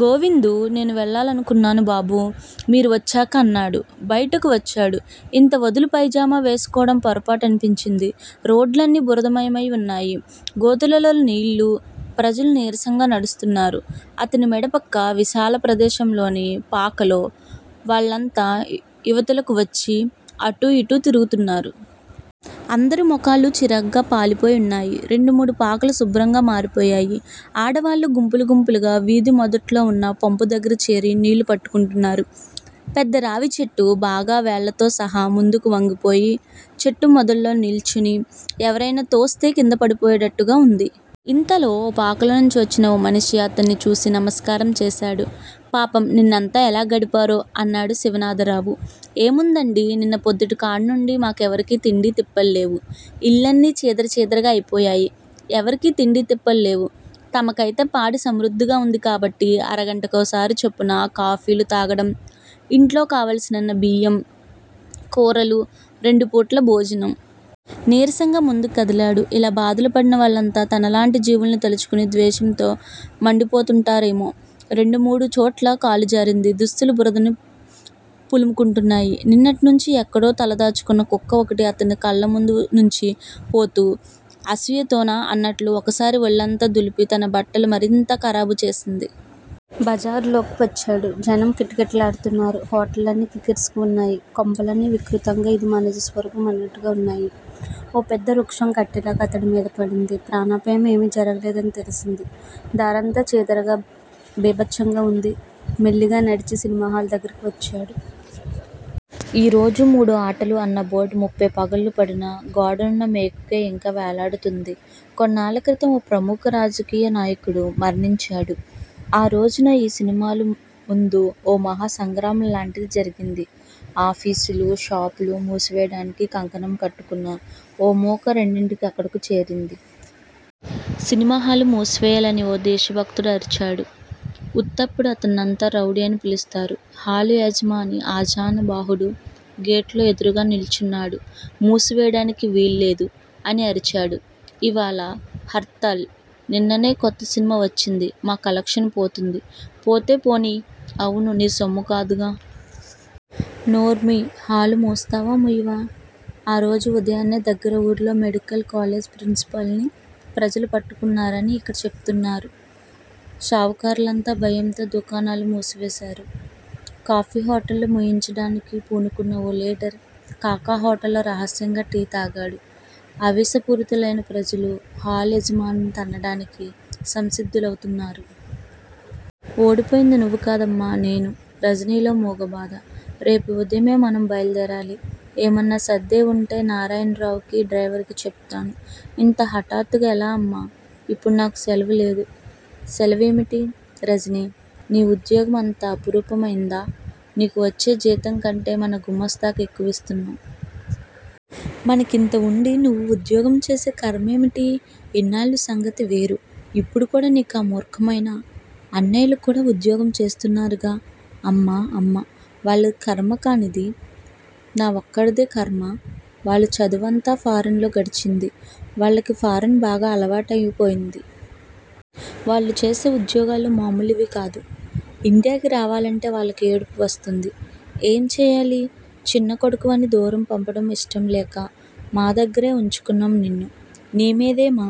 గోవిందు నేనూ వెళ్ళాలనుకున్నాను బాబూ- మీరు వచ్చాక అన్నాడు. బయటకు వచ్చాడు. ఇంత ఒదులు పైజామా వేసుకో వటం పొరపాటని పించింది. రోడ్లన్నీ బురదమయమై వున్నాయి. గోతులలో నీళ్ళు, ప్రజలు నీరసంగా నడుస్తున్నారు. అతని మెడ ప్రక్క విశాల ప్రదేశంలోని పాకల్లో వాళ్ళంతా యివతలకు వచ్చి అటూ యిటూ తిరుగుతున్నారు. అందరి ముఖాలు చిరాగ్గా పాలిపోయి వున్నాయి. రెండు మూడు పాకలు శుభ్రంగా మారిపోయాయి. ఆడవాళ్ళు గుంపులు గుంపులుగా వీధి మొదట్లోవున్న పంపు దగ్గర చేరి నీళ్ళు పట్టుకుంటున్నారు. పెద్ద రావిచెట్టు బాగా, వ్రేళ్ళతో సహా ముందుకు వంగిపోయి, చెట్టు మొదట్లో నిల్చుని, ఎవరైనా తోస్తే క్రింద పడిపోయేటట్లుగా వుంది. ఇంతలో ఓ పాకలోంచి వచ్చిన ఓ మనిషి అతన్ని చూసి నమస్కారం చేశాడు. పాపం! నిన్నంతా ఎలా గడిపారో! అన్నాడు శివనాథరావు. ఏముందండీ? నిన్న పొద్దుటి కాడినుంచీ మాకెవరికీ తిండీ తిప్పలూ లేవు. ఇళ్ళన్నీ చీదర చీదరగా అయిపోయాయి. ఎవరికీ తిండీతిప్పలు లేవు. తమకైతే పాడి సమృద్దిగా వుంది కాబట్టి అరగంటకోసారి చొప్పున కాఫీలు త్రాగటం, ఇంట్లో కావలసినన్ని బియ్యం, కూరలు రెండు పూట్లా భోజనం. నీరసంగా ముందుకు కదిలాడు. ఇలా బాధలు పడినవాళ్ళంతా తనలాంటి జీవుల్ని తలుచుకుని ద్వేషంతో మండి పోతుంటారేమో! రెండు మూడు చోట్ల కాలు జారింది. దుస్తులు బురదని పులుముకుంటున్నాయి. నిన్నటి నుంచీ ఎక్కడో తలదాచుకున్న కుక్క ఒకటి అతని కాళ్ళ ముందు నుంచి పోతూ, అసూయతోనా అన్నట్లు ఓసారి ఒళ్ళంతా దులిపి తన బట్టలు మరింత ఖరాబు చేసింది. బజారులోకి వచ్చాడు. జనం కిటకిటలాడుతున్నారు. హోటళ్ళన్నీ క్రిక్కిరిసి వున్నాయి. కొంపలన్నీ వికృతంగా, ఇది మా నిజరూపం అన్నట్లుగా వున్నాయి. ఓ పెద్ద వృక్షం కట్టెల అతడి మీద పడింది. ప్రాణాపాయం ఏమీ జరగలేదని తెలిసింది. దారంతా చీదరగా, భీబత్సంగా వుంది. మెల్లిగా నడిచి సినిమాహాలు దగ్గరకు వచ్చాడు. ఈ రోజు మూడు ఆటలు అన్న బోర్డు ముఫ్ఫై పగుళ్ళు పడినా, గోడనున్న మేకుకే యింకా వ్రేలాడుతుంది. కొన్నాళ్ళ క్రితం ఓ ప్రముఖ రాజకీయ నాయకుడు మరణించాడు. ఆ రోజుణ యీ సినిమాలు ముందు ఓ మహా సంగ్రామంలాంటిది జరిగింది. ఆఫీసులూ, షాపులూ మూసివేయటానికి కంకణం కట్టుకున్న ఓ మూక రెండింటికీ అక్కడకు చేరింది. సినిమాహాలు మూసివెయ్యాలి అని ఓ దేశభక్తుడు అరిచాడు. ఉత్తప్పుడు అతన్నంతా రౌడీ అని పిలుస్తారు. హాలు యజమాని ఆజానుబాహుడు. గేటులో ఎదురుగా నిల్చున్నాడు. మూసివేయడానికి వీలులేదు అని అరిచాడు. ఇవాళ హర్తాళ్. నిన్ననే కొత్త సినిమా వచ్చింది. మా కలెక్షన్ పోతుంది. పోతే పోనియ్యి. అవును నీ సొమ్ము కాదుగా. నోరు ముయ్యి హాలు మూస్తావా, ముయ్యవా? ఆరోజు ఉదయాన్నే దగ్గర ఊళ్ళో మెడికల్ కాలేజి ప్రిన్సిపాల్ ని ప్రజలు పట్టుకున్నారని యిక్కడ చెప్తున్నారు. షావుకార్లంతా భయంతో దుకాణాలు మూసివేశారు. కాఫీ హోటళ్ళు మూయించడానికి పూనుకున్న ఓ లీడరు కాకా హోటల్లో రహస్యంగా టీ త్రాగాడు. ఆవేశపూరితులైన ప్రజలు హాలు యజమానిని తన్నటానికి సంసిద్దులౌతున్నారు. ఓడిపోయింది నువ్వు కాదమ్మా! నేను. రజనీలో మూగ బాధ. రేపు వుదయమే మనం బయల్దేరాలి! ఏమానా సర్దేవివుంటే నారాయణరావుకీ, డ్రైవరుకీ చెబుతాను. ఇంత హఠాత్తుగా ఎలా, అమ్మా? ఇప్పుడు నాకు సెలవులేదు. సెలవేమిటి, రజనీ? నీ ఉద్యోగం అంత అపురూపమైందా? నీకు వచ్చే జీతంకంటే మన గుమాస్తాకి ఎక్కువిస్తున్నాం. మనకింత వుండి నువ్వు ఉద్యోగం చేసే ఖర్మేమిటి? ఇన్నాళ్ళ సంగతి వేరు! ఇప్పుడు కూడా నీకా మూర్ఖమేనా? అన్నయ్యలు కూడా ఉద్యోగం చేస్తున్నారుగా, అమ్మా? అమ్మా? వాళ్లది ఖర్మ కానిది నా ఒక్కడిదే ఖర్మా? వాళ్ల చదువంతా ఫారిన్ లో గడిచింది. వాళ్లకి ఫారిన్ బాగా అలవాటైపోయింది. వాళ్లు చేసే ఉద్యోగాలు మామూలివి కాదు! ఇండియాకి రావాలంటే వాళ్లకి ఏడుపు వస్తుంది. ఏం చేయాలి? చిన్న కొడుకువని దూరం పంపడం ఇష్టంలేక మా దగ్గరే వుంచుకొన్నాం నిన్ను. నీ మీదే మా